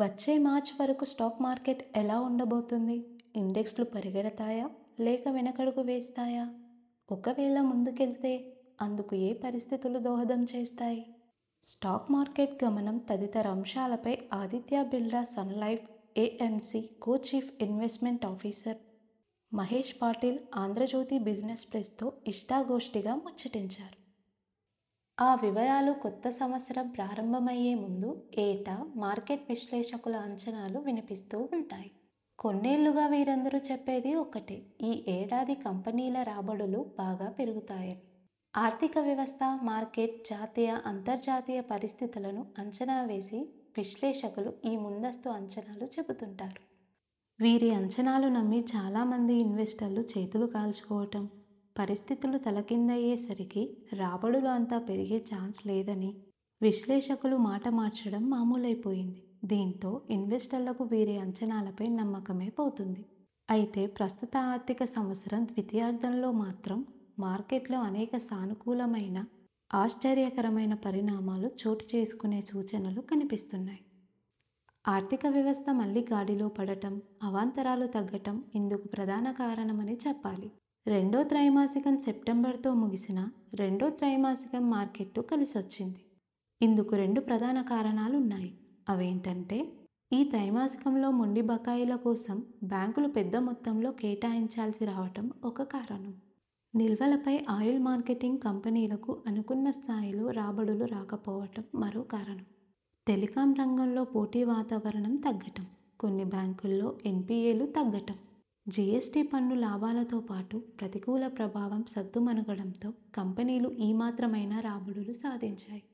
వచ్చే మార్చి వరకు stock market ఎలా ఉండ బోతోంది? ఇండెక్స్లు పరుగెడతాయా? లేక వెనకడుగు వేస్తాయా? ఒకవేళ ముందు కెళితే అందుకు ఏయే పరిస్థితులు దోహదం చేస్తాయి? స్టాక్ మార్కెట్ గమనం, తదితర అంశాలపై Aditya Birla Sun Life AMC co chief investment officer Mahesh Patil 'Andhra Jyothi Business Plus' తో ఇష్ఠాగోష్ఠిగా ముచ్చటించారు. ఆ వివరాలు కొత్త సంవత్సరం ప్రారంభమయ్యే ముందు ఏటా మార్కెట్ విశ్లేషకుల అంచనాలు వినిపిస్తుంటాయి. కొన్నేళ్లుగా వీరందరూ చెప్పేది ఒక్కటే ఈ ఏడాది కంపెనీల రాబడులు బాగా పెరుగుతాయని. ఆర్థిక వ్యవస్థ, మార్కెట్, జాతీయ అంతర్జాతీయ పరిస్థితులను అంచనా వేసి విశ్లేషకులు ఈ ముందస్తు అంచనాలు చెబుతుంటారు. వీరి అంచనాలు నమ్మి చాలా మంది ఇన్వెస్టర్లు చేతులు కాల్చుకోవడం, పరిస్థితులు తలకిందులయ్యే సరికి రాబడులు అంత పెరిగే చాన్స్ లేదని విశ్లేషకులు మాట మార్చడం మామూ లైపోయింది. దీంతో ఇన్వెస్టర్లకు వీరి అంచనాలపై నమ్మకమే పోతుంది. అయితే ప్రస్తుత ఆర్థిక సంవత్సరం ద్వితీయార్ధంలో మాత్రం మార్కెట్లో అనేక సానుకూలమైన ఆశ్చర్యకర పరిణామాలు చోటు చేసుకునే సూచనలు కనిపిస్తున్నాయి. ఆర్థిక వ్యవస్థ మళ్లీ గాడిలో పడ డం, అవాంతరాలు తగ్గడం ఇందుకు ప్రధాన కారణమని చెప్పాలి. రెండో త్రైమాసికం సెప్టెంబరుతో ముగిసిన రెండో త్రైమాసికం మార్కెట్కు కలిసొచ్చింది. ఇందుకు రెండు ప్రధాన కారణాలున్నాయి. అవేంటంటే ఈ త్రైమాసికంలో మొండి బకాయిల కోసం బ్యాంకులు పెద్ద మొత్తంలో కేటాయించాల్సి రావడం ఒక కారణం. నిల్వల పై ఆయిల్ మార్కెటింగ్ కంపెనీలకు అనుకున్న స్థాయిలో రాబడులు రాకపోవడం మరో కారణం. టెలికాం రంగం లో పోటీ వాతావరణం తగ్గడం, కొన్ని బ్యాంకుల్లో ఎన్పిఎలు తగ్గడం, జిఎ్సటి పన్ను లాభాలతో పాటు, ప్రతికూల ప్రభావం సద్దుమణగడంతో కంపెనీలు ఈ మాత్రమైనా రాబడులు సాధించాయి.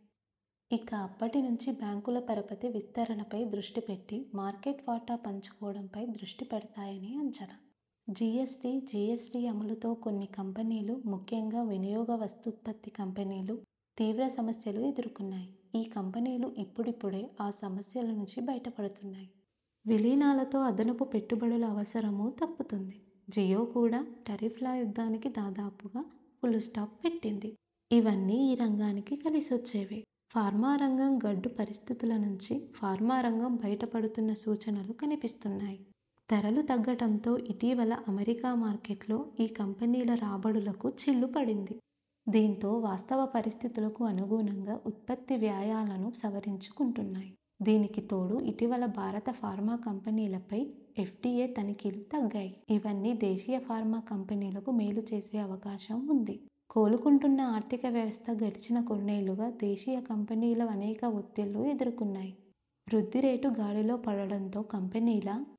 ఇక అప్పటి నుంచి బ్యాంకులు పరపతి విస్తరణపై దృష్టి పెట్టి మార్కెట్ వాటా పెంచుకోవడంపై దృష్టి పెడతాయని అంచనా. జీఎస్టీ జీఎస్టీ అమలుతో కొన్ని కంపెనీలు, ముఖ్యంగా వినియోగ వస్తూత్పత్తి కంపెనీలు, తీవ్ర సమస్యలు ఎదుర్కొన్నాయి. ఈ కంపెనీలు ఇపుడిపుడే ఆ సమస్యల నుంచి బయట పడుతున్నాయి. విలీనాలతో అదనపు పెట్టుబడుల అవసరమూ తప్పుతుంది. జియో కూడా టారిఫ్ ల యుద్ధానికి దాదాపుగా ఫుల్ స్టాప్ పెట్టింది. ఇవన్నీ ఈ రంగానికి కలిసొచ్చేవే. ఫార్మా రంగం గడ్డు పరిస్థితుల నుంచి ఫార్మా రంగం బయట పడుతున్న సూచనలు కనిపిస్తున్నాయి. ధరలు తగ్గడంతో ఇటీవల అమెరికా మార్కెట్లో ఈ కంపెనీల రాబడులకు చిల్లు పడింది. దీంతో వాస్తవ పరిస్థితులకు అనుగుణంగా ఉత్పత్తి వ్యయాలనూ సవరించుకుంటున్నాయి. దీనికి తోడు ఇటీవల భారత ఫార్మా కంపెనీలపై ఎఫ్డిఎ తనిఖీలు తగ్గాయి. ఇవన్నీ దేశీయ ఫార్మా కంపెనీలకు మేలు చేసే అవకాశం ఉంది. కోలుకుంటున్న ఆర్థిక వ్యవస్థ గడచిన కొన్నేళ్లుగా దేశీయ కంపెనీలు అనేక ఒత్తిళ్లు ఎదుర్కొన్నాయి. వృద్ధి రేటు గాడిలో పడడంతో కంపెనీల